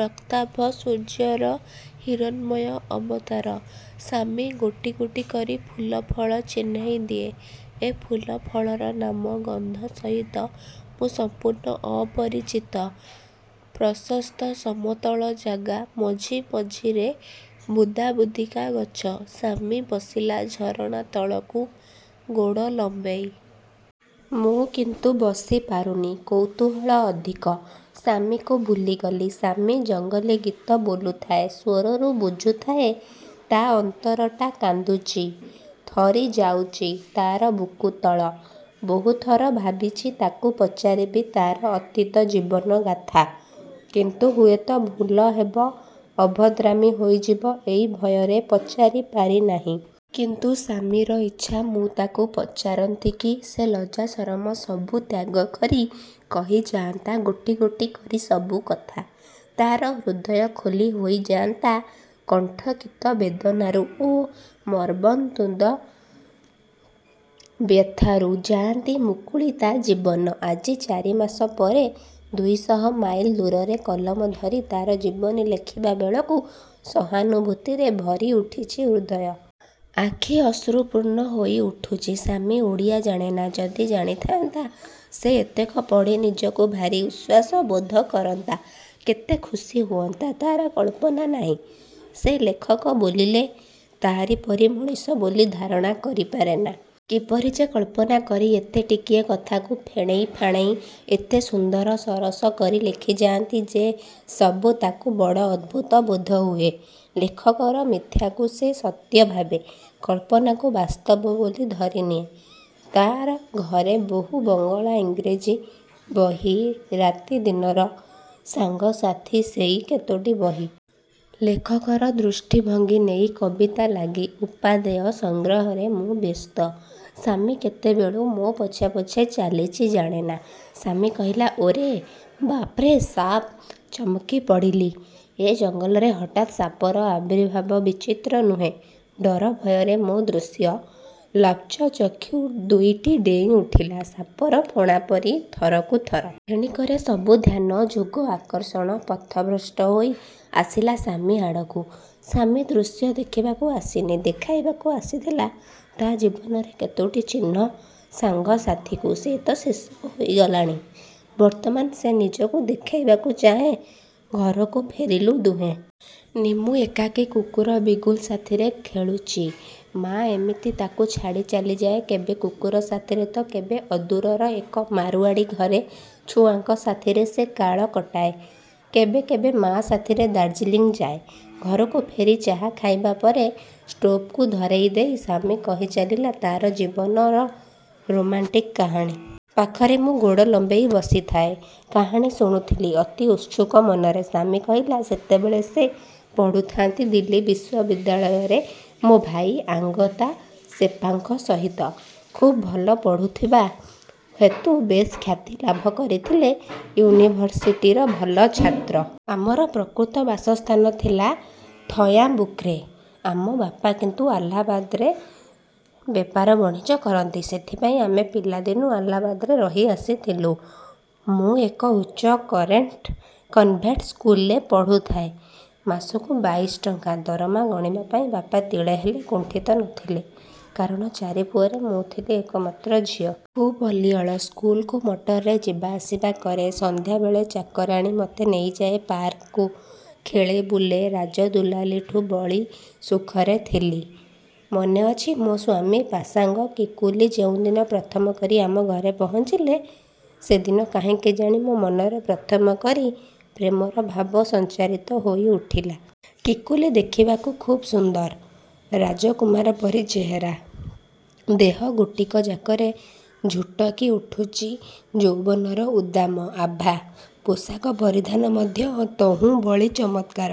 ରକ୍ତାଭ ସୂର୍ଯ୍ୟର ହିରଣ୍ମୟ ଅବତାର। ଶାମ୍ମି ଗୋଟି ଗୋଟି କରି ଫୁଲ ଫଳ ଚିହ୍ନେଇ ଦିଏ। ଏ ଫୁଲ ଫଳର ନାମ ଗନ୍ଧ ସହିତ ମୁଁ ସମ୍ପୂର୍ଣ୍ଣ ଅପରିଚିତ। ପ୍ରଶସ୍ତ ସମତଳ ଜାଗା। ମଝି ମଝିରେ ବୁଦାବୁଦିକା ଗଛ। ଶାମ୍ମି ବସିଲା ଝରଣା ତଳକୁ ଗୋଡ଼ ଲମ୍ବେଇ। ମୁଁ କିନ୍ତୁ ବସି ପାରୁନି। କୌତୁହଳ ଅଧିକ। ଶାମ୍ମିକୁ ଭୁଲିଗଲି। ଶାମ୍ମି ଜଙ୍ଗଲି ଗୀତ ବୋଲୁଥାଏ। ସ୍ୱରରୁ ବୁଝୁଥାଏ ତା ଅନ୍ତରଟା କାନ୍ଦୁଚି ଥରି ଯାଉଚି ତାର ବୁକୁତଳ। ବହୁଥର ଭାବିଚି ତାକୁ ପଚାରିବି ତାର ଅତୀତ ଜୀବନ ଗାଥା। କିନ୍ତୁ ହୁଏତ ଭୁଲ ହେବ, ଅଭଦ୍ରାମି ହୋଇଯିବ, ଏଇ ଭୟରେ ପଚାରି ପାରି ନାହିଁ। କିନ୍ତୁ ଶାମ୍ମିର ଇଚ୍ଛା ମୁଁ ତାକୁ ପଚାରନ୍ତିକି ସେ ଲଜ୍ଜା ସରମ ସବୁ ତ୍ୟାଗ କରି କହିଯାଆନ୍ତା ଗୋଟି ଗୋଟି କରି ସବୁକଥା। ତାର ହୃଦୟ ଖୋଲି ହୋଇଯାଆନ୍ତା କଣ୍ଟକିତ ବେଦନାରୁ ଓ ମର୍ମନ୍ତୁଦ ବ୍ୟଥାରୁ। ଯାଆନ୍ତି ମୁକୁଳି ତା ଜୀବନ। ଆଜି ଚାରିମାସ ପରେ ଦୁଇ ଶହ ମାଇଲ ଦୂରରେ କଲମ ଧରି ତାର ଜୀବନୀ ଲେଖିବା ବେଳକୁ ସହାନୁଭୂତିରେ ଭରି ଉଠୁଛି ହୃଦୟ। ଆଖି ଅଶ୍ରୁପୂର୍ଣ୍ଣ ହୋଇ ଉଠୁଛି। ଶାମ୍ମି ଓଡ଼ିଆ ଜାଣେନା। ଯଦି ଜାଣିଥାଆନ୍ତା ସେ ଏତକ ପଢ଼ି ନିଜକୁ ଭାରି ଉଶ୍ୱାସ ବୋଧ କରନ୍ତା କେତେ ଖୁସି ହୁଅନ୍ତା ତାର କଳ୍ପନା ନାହିଁ। ସେ ଲେଖକ ବୋଲିଲେ ତାରି ପରି ମଣିଷ ବୋଲି ଧାରଣା କରି ପାରେନା। କିପରି ଯେ କଳ୍ପନା କରି ଏତେ ଟିକିଏ କଥାକୁ ଫେଣେଇ ଫାଣେଇ ଏତେ ସୁନ୍ଦର ସରସ କରି ଲେଖିଯାଆନ୍ତି ସେ ସବୁ ତାକୁ ବଡ଼ ଅଦ୍ଭୁତ ବୋଧହୁଏ! ଲେଖକର ମିଥ୍ୟାକୁ ସେ ସତ୍ୟ ଭାବେ, କଳ୍ପନାକୁ ବାସ୍ତବ ବୋଲି ଧରିନିଏ। ତା ଘରେ ବହୁ ବଙ୍ଗଳା ଇଂରେଜୀ ବହି ରାତି ଦିନର ସାଙ୍ଗ ସାଥୀ ସେଇ କେତୋଟି ବହି। ଲେଖକର ଦୃଷ୍ଟି ଭଙ୍ଗି ନେଇ କବିତା ଲାଗି ଉପାଦେୟ ସଂଗ୍ରହରେ ମୁଁ ବ୍ୟସ୍ତ। ଶାମ୍ମି କେତେବେଳୁ ମୋ ପଛେ ପଛେ ଚାଲିଚି ଜାଣେନା! ଶାମ୍ମି କହିଲା ଓରେ! ବାପ୍ରେ ସାପ୍। ଚମକି ପଡ଼ିଲି! ଏ ଜଙ୍ଗଲରେ ହଠାତ୍ ସାପର ଆବିର୍ଭାବ ବିଚିତ୍ର ନୁହେଁ! ଡରଭୟରେ ମୋ ଦୃଶ୍ୟ ଲବ୍ଧଚକ୍ଷୁ ଦୁଇଟି ଡେଇଁ ଉଠିଲା ସାପର ଫଣା ପରି ଥରକୁ ଥର। କ୍ଷଣିକରେ ସବୁ ଧ୍ୟାନ, ଯୋଗ, ଆକର୍ଷଣ ପଥଭ୍ରଷ୍ଟ ହୋଇ ଆସିଲା ଶାମ୍ମି ଆଡ଼କୁ। ଶାମ୍ମି ଦୃଶ୍ୟ ଦେଖିବାକୁ ଆସିନି ଦେଖାଇବାକୁ ଆସିଥିଲା ତା ଜୀବନରେ କେତୋଟି ଚିହ୍ନ ସାଙ୍ଗ ସାଥିଙ୍କୁ। ସେ ତ ଶେଷ ହୋଇଗଲାଣି। ବର୍ତ୍ତମାନ ସେ ନିଜକୁ ଦେଖାଇବାକୁ ଚାହେଁ। ଘରକୁ ଫେରିଲୁ ଦୁହେଁ। ନିମ୍ମୁ ଏକାକୀ କୁକୁର ବିଗୁଲ୍ ସାଥିରେ ଖେଳୁଚି। ମାଆ ଏମିତି ତାକୁ ଛାଡ଼ି ଚାଲିଯାଏ କେବେ କୁକୁର ସାଥିରେ ତ କେବେ ଅଦୂରର ଏକ ମାରୁଆଡ଼ୀ ଘରେ ଛୁଆଙ୍କ ସାଥିରେ ସେ କାଳ କଟାଏ। କେବେ କେବେ ମାଆ ସାଥିରେ ଦାର୍ଜିଲିଂ ଯାଏ। ଘରକୁ ଫେରି ଚାହା ଖାଇବା ପରେ ଷ୍ଟୋଭକୁ ଧରେଇ ଦେଇ ଶାମ୍ମି କହି ଚାଲିଲା ତାର ଜୀବନର ରୋମାଣ୍ଟିକ୍ କାହାଣୀ। ପାଖରେ ମୁଁ ଗୋଡ଼ ଲମ୍ବେଇ ବସିଥାଏ। କାହାଣୀ ଶୁଣୁଥିଲି ଅତି ଉତ୍ସୁକ ମନରେ। ଶାମ୍ମି କହିଲା, "ସେତେବେଳେ ସେ ପଡ଼ୁଥାଆନ୍ତି ଦିଲ୍ଲୀ ବିଶ୍ୱବିଦ୍ୟାଳୟରେ ମୋ ଭାଇ ଆଙ୍ଗତା ସେପ୍ପାଙ୍କ ସହିତ। ଖୁବ୍ ଭଲ ପଢ଼ୁଥିବା। ହେତୁ ବେଶ୍ ଖ୍ୟାତି ଲାଭ କରିଥିଲେ ୟୁନିଭରସିଟିର ଭଲ ଛାତ୍ର। ଆମର ପ୍ରକୃତ ବାସସ୍ଥାନ ଥିଲା ଥୟାଁବୁକ୍ରେ। ଆମ ବାପା କିନ୍ତୁ ଆଲାହାବାଦରେ ବେପାର ବଣିଜ କରନ୍ତି। ସେଥିପାଇଁ ଆମେ ପିଲାଦିନୁ ଆଲାହାବାଦରେ ରହି ଆସିଥିଲୁ। ମୁଁ ଏକ ଉଚ୍ଚ କନ୍ଭେଣ୍ଟ ସ୍କୁଲରେ ପଢ଼ୁଥାଏ। ମାସକୁ ବାଇଶି ଟଙ୍କା ଦରମା ଗଣିବା ପାଇଁ ବାପା ତିଳେ ହେଲେ କୁଣ୍ଠିତ ନ ଥିଲେ; କାରଣ ଚାରି ପୁଅରେ ମୁଁ ଥିଲି ଏକମାତ୍ର ଝିଅ। ଖୁବ୍ ଅଳିଅଳ। ସ୍କୁଲକୁ ମଟରରେ ଯିବାଆସିବା କରେ। ସନ୍ଧ୍ୟାବେଳେ ଚାକରାଣୀ ମତେ ନେଇଯାଏ ପାର୍କକୁ। ଖେଳେ, ବୁଲେ; ରାଜଦୁଳାଲୀଠୁ ବଳି ସୁଖରେ ଥିଲି। ମନେ ଅଛି, ମୋର ସ୍ୱାମୀ ପାସାଙ୍ଗ କିକୁଲି ଯେଉଁଦିନ ପ୍ରଥମ କରି ଆମ ଘରେ ପହଞ୍ଚିଲେ ସେ ଦିନ କାହିଁକି କେଜାଣି ମୋ ମନରେ ପ୍ରଥମେ କରି ପ୍ରେମର ଭାବ ସଞ୍ଚାରିତ ହୋଇ ଉଠିଲା। କିକୁଲି ଦେଖିବାକୁ ଖୁବ୍ ସୁନ୍ଦର। ରାଜକୁମାର ପରି ଚେହେରା। ଦେହ ଗୋଟିକ ଯାକରେ ଝୁଟକି ଉଠୁଚି ଯୌବନର ଉଦ୍ଦାମ ଆଭା। ପୋଷାକ ପରିଧାନ ମଧ୍ୟ ତହୁଁ ବଳି ଚମତ୍କାର।